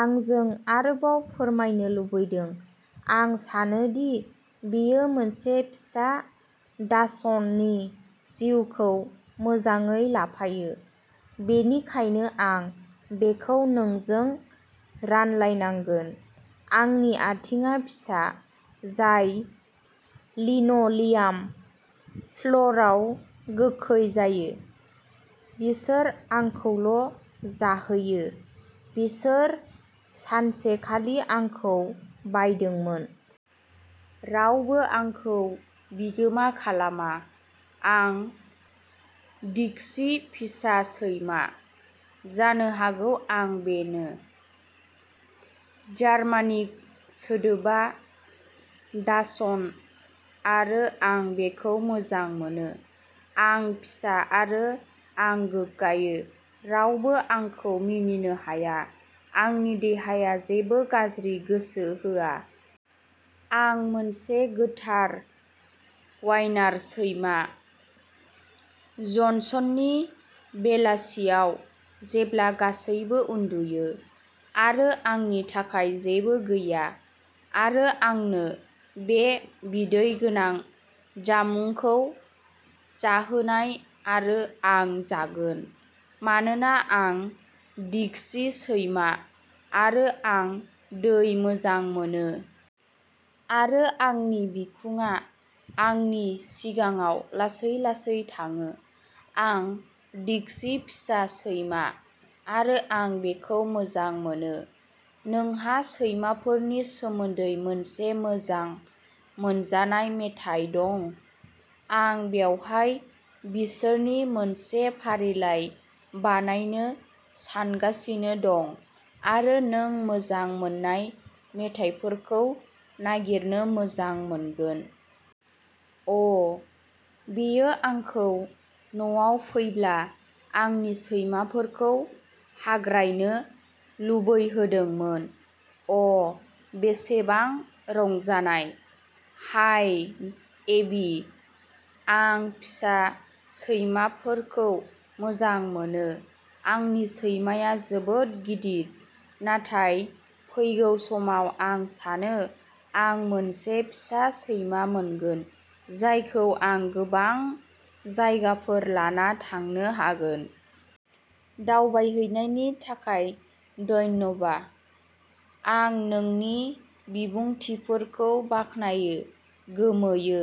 आंजों आरोबाव फोरमायनो लुबैदों। आं सानो दि बेयो मोनसे फिसा डाचशन्डनि जिउखौ मोजाङै लाफायो। बेनिखायनो आं बेखौ नोंजों रानलायनांगोन। आंनि आथिंआ फिसा, जाय लिन' लियाम फ्ल'रआव गोखै जायो। बिसोर आंखौल' जाहैयो। बिसोर सानसे खालि आंखौ बायदोंमोन। रावबो आंखौ बिगोमा खालामा। आं डिक्सी फिसा सैमा। जानो हागौ आं बेनो। जार्मानिक सोदोबा डाचशन्ड आरो आं बेखौ मोजां मोनो। आं फिसा आरो आं गोग्गायो, रावबो आंखौ मिनिनो हाया। आंनि देहाया जेबो गाज्रि गोसो होआ। आं मोनसे गोथार वाइनार सैमा। जनसननि बेलासियाव जेब्ला गासैबो उन्दुयो। आरो आंनि थाखाय जेबो गैया। आरो आंनो बे बिदै गोनां जामुंखौ जाहोनाय आरो आं जागोन। मानोना आं डिक्सी सैमा आरो आं दै मोजां मोनो। आरो आंनि बिखुंआ आंनि सिगाङाव लासै-लासै थाङो। आं डिक्सी फिसा सैमा आरो आं बेखौ मोजां मोनो। नोंहा सैमाफोरनि सोमोन्दै मोनसे मोजां मोनजानाय मेथाइ दं? आं बेवहाय बिसोरनि मोनसे फारिलाइ बानायनो सानगासिनो दं आरो नों मोजां मोन्नाय मेथाइफोरखौ नागिरनो मोजां मोनगोन। अ, बेयो आंखौ नआव फैब्ला आंनि सैमाफोरखौ हाग्रायनो लुबैहोदोंमोन। अ बेसेबां रंजानाय! हाय एबि! आं फिसा सैमाफोरखौ मोजां मोनो। आंनि सैमाया जोबोद गिदिर! नाथाय फैगौ समाव आं सानो आं मोनसे फिसा सैमा मोनगोन जायखौ आं गोबां जायगाफोर लाना थांनो हागोन। दावबायहैनायनि थाखाय धन्यबा। आं नोंनि बिबुंथिफोरखौ बाख्नायो! गोमोयो।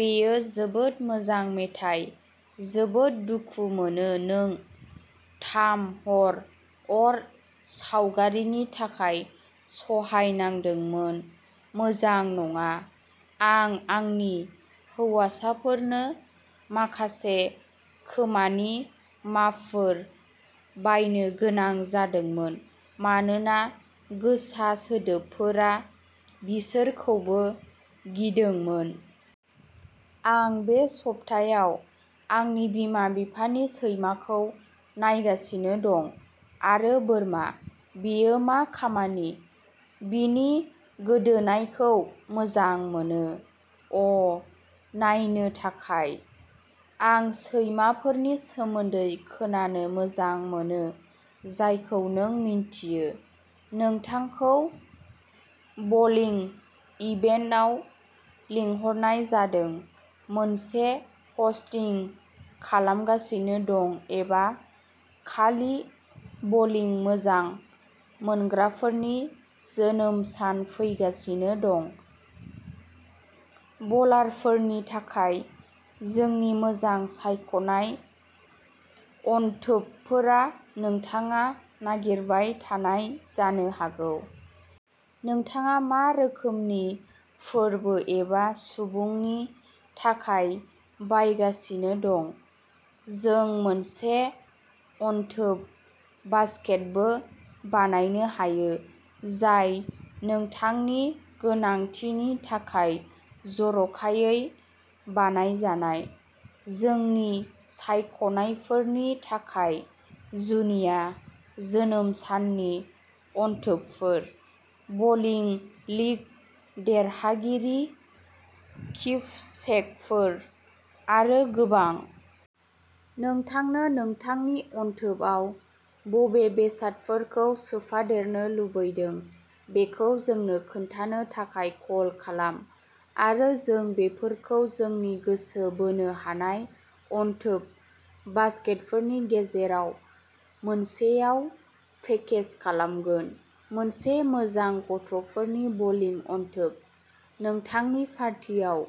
बेयो जोबोद मोजां मेथाइ! जोबोद दुखु मोनो नों थाम हर अर सावगारिनि थाखाय सहायनांदोंमोन, मोजां नङा। आं आंनि हौवासाफोरनो माखासे खोमानि माफफोर बायनो गोनां जादोंमोन मानोना गोसा सोदोबफोरा बिसोरखौबो गिदोंमोन। आं बे सप्तायाव आंनि बिमा-बिफानि सैमाखौ नायगासिनो दं आरो बोरमा, बेयो मा खामानि! बिनि गोदोनायखौ मोजां मोनो। अ नायनो थाखाय! आं सैमाफोरनि सोमोन्दै खोनानो मोजां मोनो जायखौ नों मिन्थियो। नोंथांखौ बलिं इभेन्टआव लिंहरनाय जादों, मोनसे हस्टिं खालामगासिनो दं एबा खालि बलिं मोजां मोनग्राफोरनि जोनोम सान फैगासिनो दं, बलारफोरनि थाखाय जोंनि मोजां सायख'नाय अनथोबफोरा नोंथाङा नागिरबाय थानाय जानो हागौ। नोंथाङा मा रोखोमनि फोरबो एबा सुबुंनि थाखाय बायगासिनो दं, जों मोनसे अनथोब बास्केटबो बानायनो हायो जाय नोंथांनि गोनांथिनि थाखाय जर'खायै बानायजानाय, जोंनि सायख'नायफोरनि थाखाय जुनिया जोनोम साननि अनथोबफोर, बलिं लीग देरहागिरि किपसेकफोर आरो गोबां। नोंथांनो नोंथांनि अनथोबआव बबे बेसादफोरखौ सोफादेरनो लुबैदों बेखौ जोंनो खोन्थानो थाखाय कल खालाम आरो जों बेफोरखौ जोंनि गोसो बोनो हानाय अनथोब बास्केटफोरनि गेजेराव मोनसेआव पेकेज खालामगोन। मोनसे मोजां गथ'फोरनि बलिं अनथोब, नोंथांनि पार्टियाव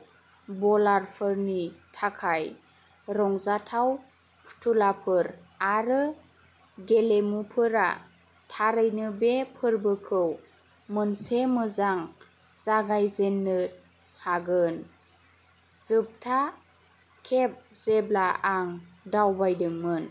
बलारफोरनि थाखाय रंजाथाव फुथुलाफोर आरो गेलेमुफोरा थारैनो बे फोरबोखौ मोनसे मोजां जागायजेन्नो हागोन। जोबथा खेब जेब्ला आं दावबायदोंमोन।